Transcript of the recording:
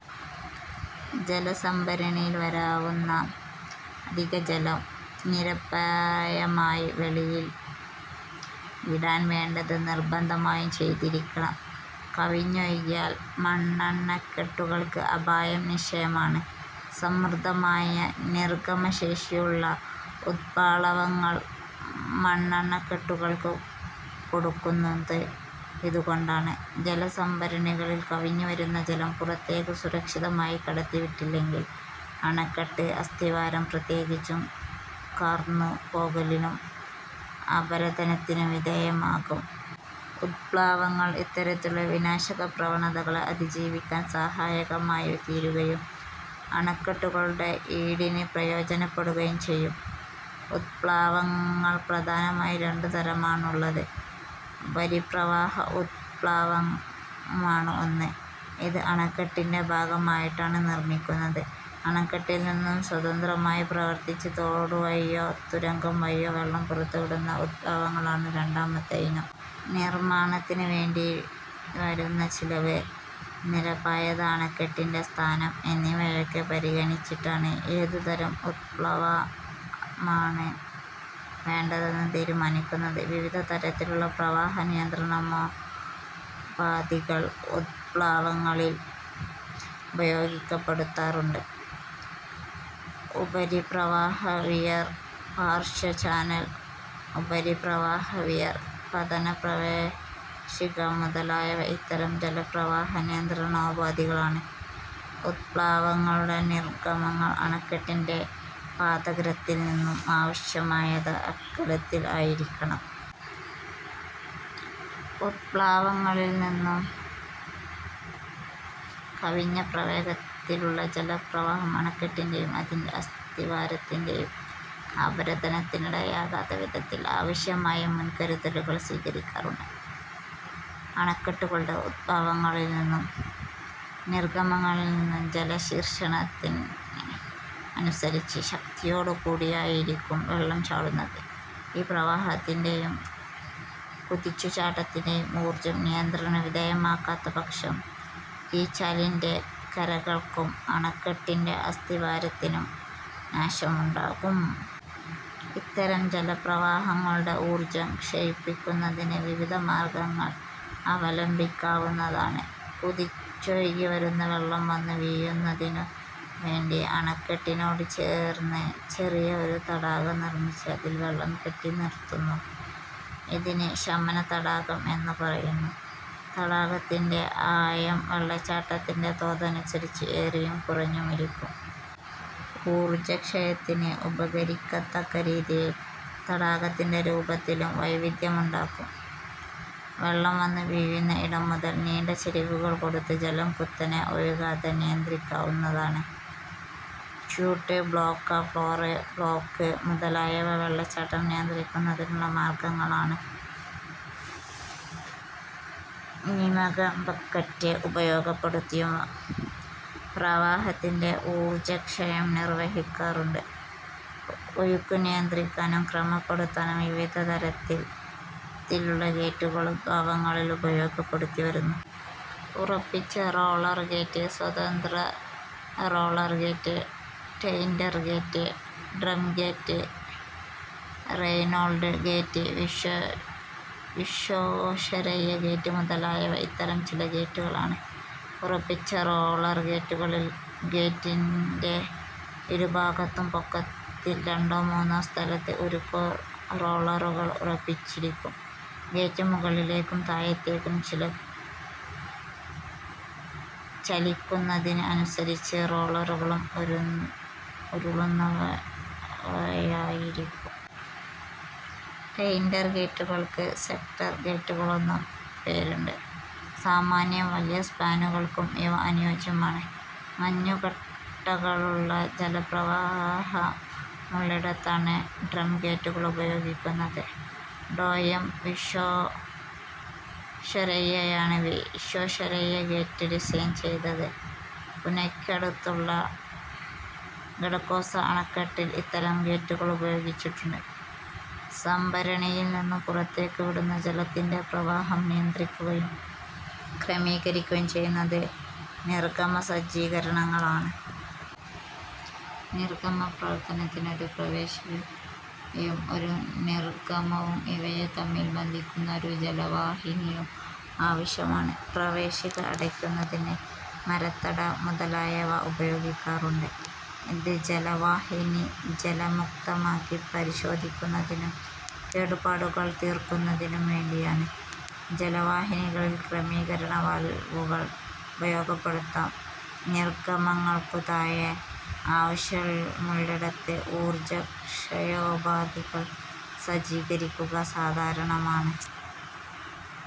ജലസംഭരണിയിൽ വരാവുന്ന അധിക ജലം നിരപായമായി വെളിയിൽ വിടാൻ വേണ്ടത് നിർബന്ധമായും ചെയ്തിരിയ്ക്കണം. കവിഞ്ഞൊഴുകിയാൽ മണ്ണണക്കെട്ടുകൾക്ക് അപായം നിശ്ചയമാണ്. സമൃദ്ധമായ നിർഗ്ഗമ ശേഷിയുള്ള ഉത്പ്ളാവങ്ങൾ മണ്ണണക്കെട്ടുകൾക്കു കൊടുക്കുന്നത് ഇതുകൊണ്ടാണ്. ജലസംഭരണികളിൽ കവിഞ്ഞു വരുന്ന ജലം പുറത്തേക്കു സുരക്ഷിതമായി കടത്തി വിട്ടില്ലെങ്കിൽ അണക്കെട്ട്, അസ്ഥിവാരം പ്രത്യേകിച്ചും, കാർന്നു പോകലിനും അപരദനത്തിനും വിധേയമാകും. ഉത്പ്ളാവങ്ങൾ ഇത്തരത്തിലുള്ള വിനാശക പ്രവണതകളെ അതിജീവിക്കാൻ സഹായകമായി തീരുകയും അണക്കെട്ടുകളുടെ ഈടിന് പ്രയോജനപ്പെടുകയും ചെയ്യും. ഉത്പ്ളാവങ്ങൾ പ്രധാനമായി രണ്ടു തരമാണുള്ളത്. ഉപരിപ്രവാഹ ഉത്പ്ളാവമാണ് ഒന്ന്. ഇത് അണക്കെട്ടിന്റെ ഭാഗമായിട്ടാണ് നിർമ്മിക്കുന്നത്. അണക്കെട്ടിൽനിന്നും സ്വതന്ത്രമായി പ്രവർത്തിച്ച് തോടു വഴിയോ തുരങ്കം വഴിയോ വെള്ളം പുറത്തു വിടുന്ന ഉത്പ്ളാവങ്ങളാണ് രണ്ടാമത്തെ ഇനം. നിർമ്മാണത്തിനു വേണ്ടിവരുന്ന ചിലവ്, നിരപായത, അണക്കെട്ടിന്റെ സ്ഥാനം എന്നിവയൊക്കെ പരിഗണിച്ചിട്ടാണ് ഏതു തരം ഉത്പ്ളാവമാണ് വേണ്ടതെന്ന് തീരുമാനിക്കുന്നത്. വിവിധ തരത്തിലുള്ള പ്രവാഹ നിയന്ത്രണോപാധികൾ ഉത്പ്ളാവങ്ങളിൽ ഉപയോഗപ്പെടുത്താറുണ്ട്. 'ഉപരിപ്രവാഹവിയർ', 'പാർശ്വ ചാനൽ ഉപരിപ്രവാഹ വിയർ', 'പതന പ്രവേശിക' മുതലായവ ഇത്തരം ജലപ്രവാഹ നിയന്ത്രണോപാധികളാണ്. ഉത്പ്ളാവങ്ങളുടെ നിർഗ്ഗമങ്ങൾ അണക്കെട്ടിന്റെ പാദാഗ്രത്തിൽ നിന്നും ആവശ്യമായത്ര അകലത്തിൽ ആയിരിക്കണം. ഉത്പ്ളാവങ്ങളിൽ നിന്നും കവിഞ്ഞ പ്രവേഗത്തിലുള്ള ജല പ്രവാഹം അണക്കെട്ടിന്റെയും അതിന്റെ അസ്ഥിവാരത്തിന്റെയും അപരദനത്തിനിടയാകാത്ത വിധത്തിൽ ആവശ്യമായ മുൻകരുതലുകൾ സ്വീകരിക്കാറുണ്ട്. അണക്കെട്ടുകളുടെ ഉത്പ്ളാവങ്ങളിൽ നിന്നും നിർഗ്ഗമങ്ങളിൽ നിന്നും ജലശീർഷത്തിന് അനുസരിച്ച് ശക്തിയോടു കൂടിയായിരിക്കും വെള്ളം ചാടുന്നത്. ഈ പ്രവാഹത്തിന്റെയും, കുതിച്ചു ചാട്ടത്തിന്റെയും ഊർജ്ജം നിയന്ത്രണ വിധേയമാക്കാത്ത പക്ഷം കീഴ്ചാലിന്റെ കരകൾക്കും അണക്കെട്ടിന്റെ അസ്ഥിവാരത്തിനും നാശമുണ്ടാകും. ഇത്തരം ജലപ്രവാഹങ്ങളുടെ ഊർജ്ജം ക്ഷയിപ്പിക്കുന്നതിന് വിവിധ മാർഗ്ഗങ്ങൾ അവലംബിക്കാവുന്നതാണ്. കുതിച്ചൊഴുകി വരുന്ന വെള്ളം വന്നു വീഴുന്നതിനു വേണ്ടി അണക്കെട്ടിനോടു ചേർന്ന് ചെറിയ ഒരു തടാകം നിർമ്മിച്ച് അതിൽ വെള്ളം കെട്ടി നിർത്തുന്നു. ഇതിന് 'ശമന തടാകം' എന്നു പറയുന്നു. തടാകത്തിന്റെ ആഴം വെള്ളച്ചാട്ടത്തിന്റെ തോതനുസരിച്ച് ഏറിയും കുറഞ്ഞുമിരിക്കും. ഊർജക്ഷയത്തിന് ഉപകരിക്കത്തക്ക രീതിയിൽ തടാകത്തിന്റെ രൂപത്തിലും വൈവിദ്ധ്യമുണ്ടാകും. വെള്ളം വന്നു വീഴുന്ന ഇടം മുതൽ നീണ്ട ചരിവുകൾ കൊടുത്ത് ജലം കുത്തനെ ഒഴുകാതെ നിയന്ത്രിക്കാവുന്നതാണ്. ച്യൂട്ട് ബ്ളോക്ക്, ഫ്ളോർ ബ്ളോക്ക് മുതലായവ വെള്ളച്ചാട്ടം നിയന്ത്രിക്കുന്നതിനുള്ള മാർഗ്ഗങ്ങളാണ്. 'നിമഗബക്കറ്റ്' ഉപയോഗപ്പെടുത്തിയും പ്രവാഹത്തിന്റെ ഊർജ്ജ ക്ഷയം നിർവ്വഹിക്കാറുണ്ട്. ഒഴുക്ക് നിയന്ത്രിക്കാനും ക്രമപ്പെടുത്താനും വിവിധ തരത്തിലുള്ള ഗേറ്റുകളും ഉത്പ്ളാവങ്ങളിൽ ഉപയോഗപ്പെടുത്തി വരുന്നു. ഉറപ്പിച്ച റോളർ ഗേറ്റ്, സ്വതന്ത്ര roller gate, Tainter gate, drum gate, Reynold gate, Visvesvaraya gate മുതലായവ ഇത്തരം ചില ഗേറ്റുകളാണ്. ഉറപ്പിച്ച റോളർ ഗേറ്റുകളിൽ ഗേറ്റിന്റെ ഇരു ഭാഗത്തും പൊക്കത്തിൽ രണ്ടോ മൂന്നോ സ്ഥലത്ത് ഉരുക്കു റോളറുകൾ ഉറപ്പിച്ചിരിക്കും. ഗേറ്റ് മുകളിലേക്കും താഴത്തേക്കും ചലിക്കുന്നതിന് അനുസരിച്ച് റോളറുകളും ഉരുളുന്നവയായിരിക്കും. ടെയിന്റർ ഗേറ്റുകൾക്ക് സെക്ടർ ഗേറ്റുകളെന്നും പേരുണ്ട്. സാമാന്യം വലിയ സ്പാനുകൾക്കും ഇവ അനുയോജ്യമാണ്. മഞ്ഞു കട്ടകളുള്ള ജലപ്രവാഹമുള്ളിടത്താണ് ഡ്രംഗേറ്റുകൾ ഉപയോഗിക്കുന്നത്. ഡോ. എം. വിശ്വേശ്വരയ്യയാണ് വിശ്വേശ്വരയ്യ ഗേറ്റ് ഡിസൈൻ ചെയ്തത്. പൂനയ്ക്കടുത്തുള്ള ഖഡക്വാസ്ല അണക്കെട്ടിൽ ഇത്തരം ഗേറ്റുകൾ ഉപയോഗിച്ചിട്ടുണ്ട്. സംഭരണിയിൽ നിന്നും പുറത്തേക്കു വിടുന്ന ജലത്തിന്റെ പ്രവാഹം നിയന്ത്രിക്കുകയും ക്രമീകരിക്കുകയും ചെയ്യുന്നത് നിർഗ്ഗമ സജ്ജീകരണങ്ങളാണ്. നിർഗ്ഗമ പ്രവർത്തനത്തിന് ഒരു പ്രവേശിക യും, ഒരു നിർഗ്ഗമ വും ഇവയെ തമ്മിൽ ബന്ധിക്കുന്ന ഒരു ജലവാഹിനിയും ആവശ്യമാണ്. പ്രവേശിക അടയ്ക്കുന്നതിന് 'മരത്തട' മുതലായവ ഉപയോഗിക്കാറുണ്ട്. ഇത് ജലവാഹിനി ജലമുക്തമാക്കി പരിശോധിക്കുന്നതിനും കേടുപാടുകൾ തീർക്കുന്നതിനും വേണ്ടിയാണ്. ജലവാഹിനികളിൽ ക്രമീകരണ വാൽവുകൾ ഉപയോഗപ്പെടുത്താം. നിർഗ്ഗമങ്ങൾക്കു താഴെ ആവശ്യമുള്ളിടത്ത് ഊർജ്ജക്ഷയോപാധികൾ സജ്ജീകരിക്കുന്നത് .സാധാരണമാണ്.